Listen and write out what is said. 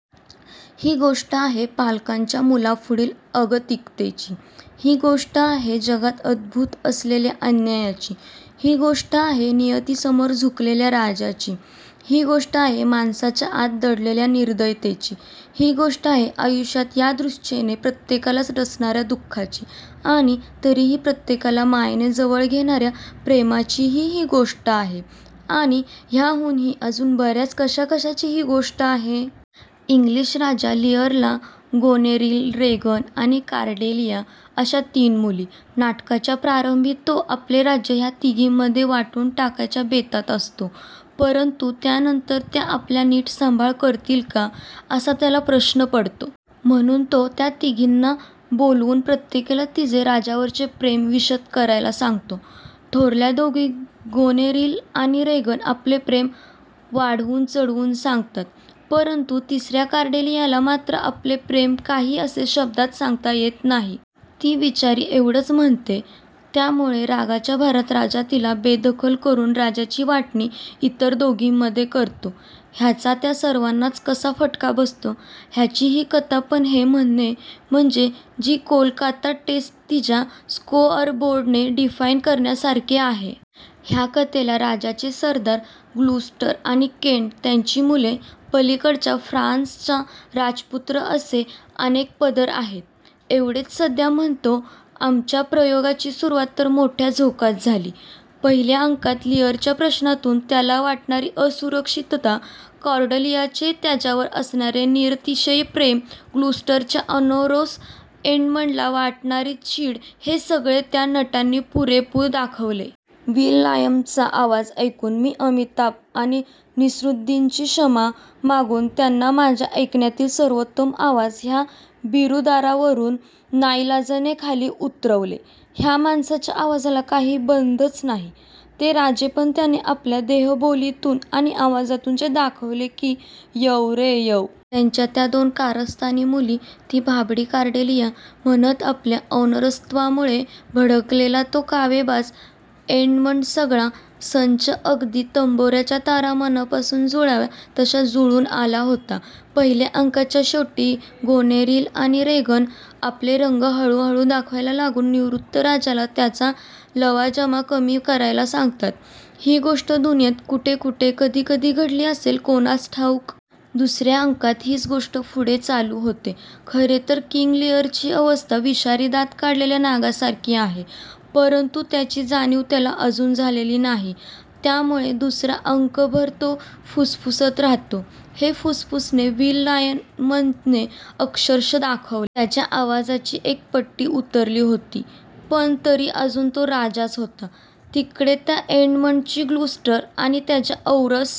ही गोष्ट आहे पालकांच्या मुलांपुढील अगतिकतेची, ही गोष्ट आहे जगात अंतर्भूत असलेल्या अन्यायाची, ही गोष्ट आहे नियतीसमोर झुकलेल्या राजाची, ही गोष्ट आहे माणसाच्या आत दडलेल्या निर्दयतेची, ही गोष्ट आहे आयुष्यात यादृच्छेने प्रत्येकालाच डसणार्या दु:खाची, आणि तरीही प्रत्येकाला मायेने जवळ घेणार्या प्रेमाचीही ही गोष्ट आहे; आणि ह्याहूनही अजून बर्याच कशाकशाची ही गोष्ट आहे. इंग्लिश राजा लीअरला गोनेरील, रेगन, आणि कॉर्डेलिया अशा तीन मुली. नाटकाच्या प्रारंभी तो आपले राज्य ह्या तिघींमध्ये वाटून टाकायच्या बेतात असतो. परंतु त्यानंतर त्या आपला नीट सांभाळ करतील का, असा त्याला प्रश्न पडतो. म्हणून तो त्या तिघींना बोलवून प्रत्येकीला तिचे राजावरचे प्रेम विशद करायला सांगतो. थोरल्या दोघी गोनेरील आणि रेगन आपले प्रेम वाढवून-चढवून सांगतात, परंतु तिसर्या कॉर्डेलियाला मात्र आपले प्रेम काही असे शब्दांत सांगता येत नाही. ती बिचारीएवढेच म्हणते. त्यामुळे रागाच्या भरात राजा तिला बेदखल करून राज्याची वाटणी इतर दोघींमध्ये करतो. ह्याचा त्या सर्वांनाच कसा फटका बसतो, ह्याची ही कथा. पण हे म्हणणे म्हणजे ची कोलकाता टेस्ट तिच्या स्कोअरबोर्डने डिफाईन करण्यासारखे आहे. ह्या कथेला राजाचे सरदार ग्लुस्टर आणि केंट, त्यांची मुले, पलीकडच्या फ्रान्सचा राजपुत्र असे अनेक पदर आहेत एवढेच सध्या म्हणतो. आमच्या प्रयोगाची सुरूवात तर मोठ्या झोकात झाली. पहिल्या अंकात लीअरच्या प्रश्नातून त्याला वाटणारी असुरक्षितता, कॉर्डेलियाचे त्याच्यावर असणारे निरतिशय प्रेम, ग्लुस्टरच्या अनौरस एडमंडला वाटणारी चीड हे सगळे त्या नटांनी पुरेपूर दाखवले. विल लायमनचा आवाज ऐकून मी अमिताभ आणि नसीरुद्दीनची क्षमा मागून त्यांना माझ्या ऐकण्यातील सर्वोत्तम आवाज ह्या बिरुदावरून नाईलाजाने खाली उतरवले. ह्या माणसाच्या आवाजाला काही बंधच नाही. ते राजेपण त्याने आपल्या देहबोलीतून आणि आवाजातून जे दाखवले की यंव रे यंव! त्याच्या त्या दोन कारस्थानी मुली, ती भाबडी कॉर्डेलिया, "?" म्हणत आपल्या अनौरसत्वामुळे भडकलेला तो कावेबाज एडमंडसगळा संच अगदी तंबोर्याच्या तारा मनापासून जुळाव्या तसा जुळून आला होता. पहिल्या अंकाच्या शेवटी गोनेरील आणि रेगन आपले रंग हळूहळू दाखवायला लागून निवृत्त राजाला त्याचा लवाजमा कमी करायला सांगतात, ही गोष्ट दुनियेत कुठेकुठे कधीकधी घडली असेल कोणास ठाऊक! दुसर्या अंकात हीच गोष्ट पुढे चालू होते. खरेतर किंग लीअरची अवस्था विषारी दात काढलेल्या नागासारखी आहे, परंतु त्याची जाणीव त्याला अजून झालेली नाही. त्यामुळे दुसरा अंकभर तो फुसफुसत राहतो. हे फुसफुसणे विल लायमनने अक्षरशः दाखवले. त्याच्या आवाजाची एक पट्टी उतरली होती, पण तरी अजून तो राजाच होता. तिकडे त्या एडमंडची ग्लुस्टर आणि त्याच्या औरस